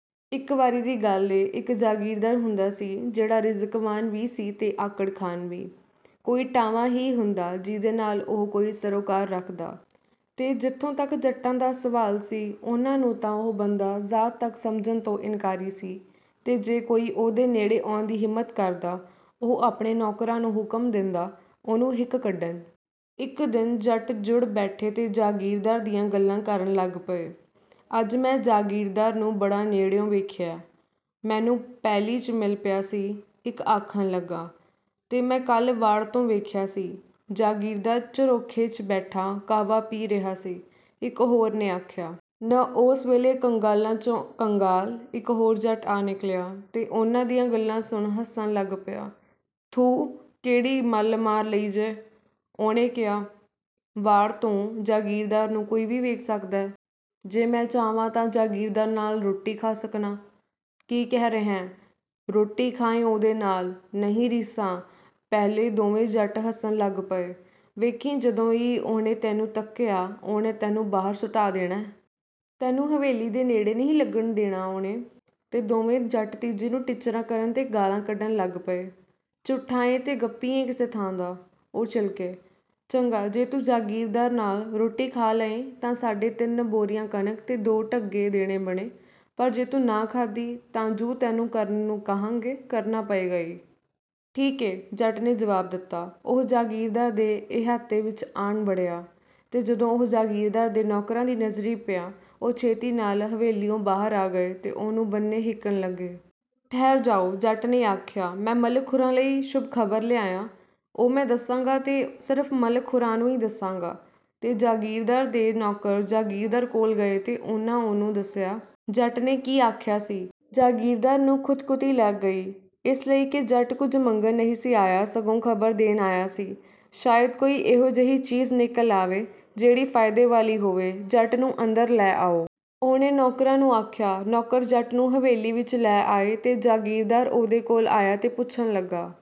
ਇੱਕ ਵਾਰੀ ਦੀ ਗੱਲ ਏ, ਇਕ ਜਾਗੀਰਦਾਰ ਹੁੰਦਾ ਸੀ, ਜਿਹੜਾ ਰਿਜ਼ਕਵਾਨ ਵੀ ਸੀ ਤੇ ਆਕੜਖਾਨ ਵੀ। ਕੋਈ ਟਾਵਾਂ ਹੀ ਹੁੰਦਾ, ਜਿਹਦੇ ਨਾਲ ਉਹ ਕੋਈ ਸਰੋਕਾਰ ਰੱਖਦਾ। ਤੇ ਜਿਥੋਂ ਤਕ ਜੱਟਾਂ ਦਾ ਸਵਾਲ ਸੀ, ਉਹਨਾਂ ਨੂੰ ਤਾਂ ਉਹ ਬੰਦਾ ਜ਼ਾਤ ਤਕ ਸਮਝਣ ਤੋਂ ਇਨਕਾਰੀ ਸੀ, ਤੇ ਜੇ ਕੋਈ ਉਹਦੇ ਨੇੜੇ ਆਉਣ ਦੀ ਹਿੰਮਤ ਕਰਦਾ, ਉਹ ਆਪਣੇ ਨੌਕਰਾਂ ਨੂੰ ਹੁਕਮ ਦੇਂਦਾ, ਉਹਨੂੰ ਹਿੱਕ ਕੱਢਣ। ਇੱਕ ਦਿਨ ਜੱਟ ਜੁੜ ਬੈਠੇ ਤੇ ਜਾਗੀਰਦਾਰ ਦੀਆਂ ਗੱਲਾਂ ਕਰਨ ਲੱਗ ਪਏ। “ਅੱਜ ਮੈਂ ਜਾਗੀਰਦਾਰ ਨੂੰ ਬੜਾ ਨੇੜਿਉਂ ਵੇਖਿਐ, ਮੈਨੂੰ ਪੈਲੀ ’ਚ ਮਿਲ ਪਿਆ ਸੀ,” ਇਕ ਆਖਣ ਲੱਗਾ। “ਤੇ ਮੈਂ ਕੱਲ੍ਹ ਵਾੜ ਤੋਂ ਵੇਖਿਆ ਸੀ, ਜਾਗੀਰਦਾਰ ਝਰੋਖੇ ’ਚ ਬੈਠਾ ਕਾਹਵਾ ਪੀ ਰਿਹਾ ਸੀ,” ਇੱਕ ਹੋਰ ਨੇ ਆਖਿਆ। ਨ ਓਸ ਵੇਲੇ, ਕੰਗਾਲਾਂ ’ਚੋਂ ਕੰਗਾਲ, ਇੱਕ ਹੋਰ ਜੱਟ ਆ ਨਿਕਲਿਆ, ਤੇ ਉਹਨਾਂ ਦੀਆਂ ਗੱਲਾਂ ਸੁਣ ਹੱਸਣ ਲੱਗ ਪਿਆ। “ਥੂਹ! ਕਿਹੜੀ ਮੱਲ ਮਾਰ ਲਈ ਜੇ,” ਉਹਨੇ ਕਿਹਾ। “ਵਾੜ ਤੋਂ ਜਾਗੀਰਦਾਰ ਨੂੰ ਕੋਈ ਵੀ ਵੇਖ ਸਕਦੈ। ਜੇ ਮੈਂ ਚਾਹਵਾਂ, ਤਾਂ ਜਾਗੀਰਦਾਰ ਨਾਲ ਰੋਟੀ ਖਾ ਸਕਨਾਂ।” “ਕੀ ਕਹਿ ਰਿਹੈਂ! ਰੋਟੀ ਖਾਏਂ ਉਹਦੇ ਨਾਲ? ਨਹੀਂ ਰੀਸਾਂ!” ਪਹਿਲੇ ਦੋਵੇਂ ਜੱਟ ਹੱਸਣ ਲੱਗ ਪਏ। “ਵੇਖੀਂ, ਜਦੋਂ ਈ ਉਹਨੇ ਤੈਨੂੰ ਤਕਿਆ, ਉਹਨੇ ਤੈਨੂੰ ਬਾਹਰ ਸੁਟਾ ਦੇਣੈ। ਤੈਨੂੰ ਹਵੇਲੀ ਦੇ ਨੇੜੇ ਨਹੀਂ ਲੱਗਣ ਦੇਣਾ ਉਹਨੇ!" ਤੇ ਦੋਵੇਂ ਜੱਟ ਤੀਜੇ ਨੂੰ ਟਿੱਚਰਾਂ ਕਰਨ ਤੇ ਗਾਲ੍ਹਾਂ ਕੱਢਣ ਲੱਗ ਪਏ। “ਝੂਠਾ ਏਂ ਤੇ ਗੱਪੀਂ ਏਂ ਕਿਸੇ ਥਾਂ ਦਾ!” ਉਹ ਚਿਲਕੇ।“ਚੰਗਾ, ਜੇ ਤੂੰ ਜਾਗੀਰਦਾਰ ਨਾਲ ਰੋਟੀ ਖਾ ਲਏਂ, ਤਾਂ ਸਾਡੇ ਤਿੰਨ ਬੋਰੀਆਂ ਕਣਕ ਤੇ ਦੋ ਢੱਗੇ ਦੇਣੇ ਬਣੇ, ਪਰ ਜੇ ਤੂੰ ਨਾ ਖਾਧੀ, ਤਾਂ ਜੁ ਤੈਨੂੰ ਕਰਨ ਨੂੰ ਕਹਾਂਗੇ, ਕਰਨਾ ਪਏਗਾ ਈ।” “ਠੀਕ ਏ,” ਜੱਟ ਨੇ ਜਵਾਬ ਦਿੱਤਾ। ਉਹ ਜਾਗੀਰਦਾਰ ਦੇ ਇਹਾਤੇ ਵਿਚ ਆਣ ਵੜਿਆ, ਤੇ ਜਦੋਂ ਉਹ ਜਾਗੀਰਦਾਰ ਦੇ ਨੌਕਰਾਂ ਦੀ ਨਜ਼ਰੀਂ ਪਿਆ, ਉਹ ਛੇਤੀ ਨਾਲ ਹਵੇਲੀਉਂ ਬਾਹਰ ਆ ਗਏ ਤੇ ਉਹਨੂੰ ਬੰਨੇ ਹਿੱਕਣ ਲੱਗੇ। “ਠਹਿਰ ਜਾਓ!” ਜੱਟ ਨੇ ਆਖਿਆ। “ਮੈਂ ਮਲਕ ਹੁਰਾਂ ਲਈ ਸ਼ੁਭ ਖ਼ਬਰ ਲਿਆਇਆਂ।” "ਉਹ ਮੈਂ ਦੱਸਾਂਗਾ ਤੇ ਸਿਰਫ਼ ਮਲਕ ਹੁਰਾਂ ਨੂੰ ਈ ਦੱਸਾਂਗਾ।” ਤੇ ਜਾਗੀਰਦਾਰ ਦੇ ਨੌਕਰ ਜਾਗੀਰਦਾਰ ਕੋਲ ਗਏ ਤੇ ਉਹਨਾਂ ਉਹਨੂੰ ਦੱਸਿਆ, ਜੱਟ ਨੇ ਕੀ ਆਖਿਆ ਸੀ। ਜਾਗੀਰਦਾਰ ਨੂੰ ਖੁਤਖੁਤੀ ਲੱਗ ਗਈ, ਇਸ ਲਈ ਕਿ ਜੱਟ ਕੁਝ ਮੰਗਣ ਨਹੀਂ ਸੀ ਆਇਆ, ਸਗੋਂ ਖ਼ਬਰ ਦੇਣ ਆਇਆ ਸੀ। ਸ਼ਾਇਦ ਕੋਈ ਇਹੋ ਜਿਹੀ ਚੀਜ਼ ਨਿਕਲ ਆਵੇ, ਜਿਹੜੀ ਫ਼ਾਇਦੇ ਵਾਲੀ ਹੋਵੇ, “ਜੱਟ ਨੂੰ ਅੰਦਰ ਲੈ ਆਓ!” ਉਹਨੇ ਨੌਕਰਾਂ ਨੂੰ ਆਖਿਆ। ਨੌਕਰ ਜੱਟ ਨੂੰ ਹਵੇਲੀ ਵਿੱਚ ਲੈ ਆਏ, ਤੇ ਜਾਗੀਰਦਾਰ ਉਹਦੇ ਕੋਲ ਆਇਆ ਤੇ ਪੁੱਛਣ ਲੱਗਾ